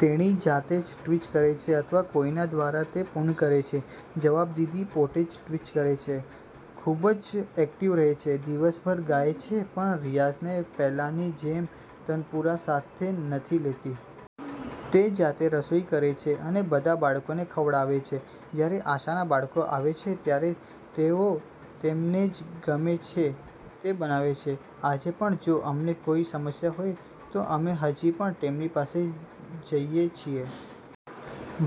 તેણી જાતે જ ટ્વિટ કરે છે અથવા કોઈના દ્વારા તે પૂર્ણ કરે છે? જવાબ: દીદી પોતે જ ટ્વીટ્સ કરે છે, ખૂબ જ એક્ટિવ રહે છે, દિવસભર ગાય છે પણ રિયાઝને પહેલાંની જેમ તનપુરા સાથે નથી લેતી. તે જાતે રસોઇ કરે છે અને બધા બાળકોને ખવડાવે છે. જ્યારે આશાના બાળકો આવે છે, ત્યારે તેઓ તેમને જે ગમે છે તે બનાવે છે. આજે પણ, જો અમને કોઈ સમસ્યા હોય, તો અમે હજી પણ તેમની પાસે જઇએ છીએ.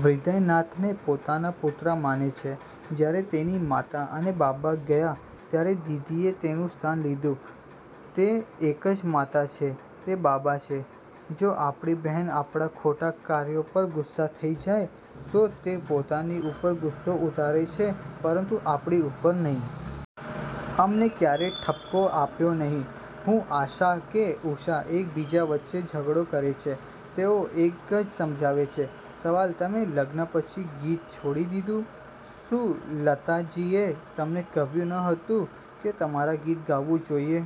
હદયનાથને પોતાનો પુત્ર માને છે, જ્યારે તેની માતા અને બાબા ગયા, ત્યારે દીદીએ તેનું સ્થાન લીધું. તે એક જ માતા છે, તે બાબા છે. જો આપણી બહેન આપણા ખોટા કાર્યો પર ગુસ્સે થઈ જાય છે, તો તે પોતાની ઉપર ગુસ્સો ઉતારે છે પરંતુ આપણી ઉપર નહીં. અમને ક્યારેય ઠપકો આપ્યો નહીં. હું, આશા કે ઉષા એક બીજા વચ્ચે ઝઘડો કરે છે, તેઓ એક જ સમજાવે છે.. સવાલ: તમે લગ્ન પછી ગીત છોડી દીધું, શું લતાજીએ તમને કહ્યું ન હતું કે તમારે ગીત ગાવું જોઈએ?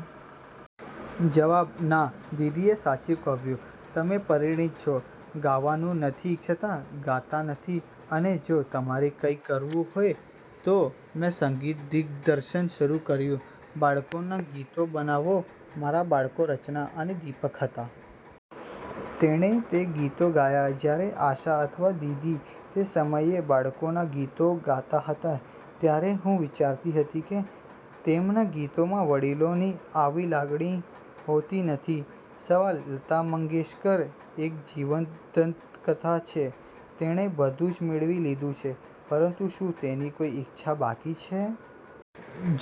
જવાબ: ના, દીદીએ સાચું કહ્યું, તમે પરિણીત છો, ગાવાનું નથી ઇચ્છતા, ગાતા નથી અને જો તમારે કંઇક કરવું હોય તો. મેં સંગીત દિગ્દર્શન શરૂ કર્યું. બાળકોનાં ગીતો બનાવો. મારા બાળકો રચના અને દિપક હતા. તેણે તે ગીતો ગાયાં. જ્યારે આશા અથવા દીદી તે સમયે બાળકોના ગીતો ગાતા હતા, ત્યારે હું વિચારતી હતી કે, તેમના ગીતોમાં વડીલોની આવી લાગણી હોતી નથી.. સવાલ: લતા મંગેશકર એક જીવંત દંતકથા છે, તેણે બધું જ મેળવી લીધું છે, પરંતુ શું તેની કોઈ ઇચ્છા બાકી છે?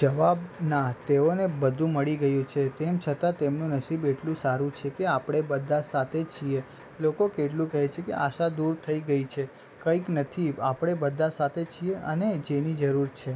જવાબ: ના, તેઓને બધું મળી ગયું છે, તેમ છતાં તેમનું નસીબ એટલું સારું છે કે આપણે બધા સાથે છીએ. લોકો કેટલું કહે છે કે આશા દૂર થઈ ગઈ છે કંઈ નથી આપણે બધા સાથે છીએ અને જેની જરૂર છે.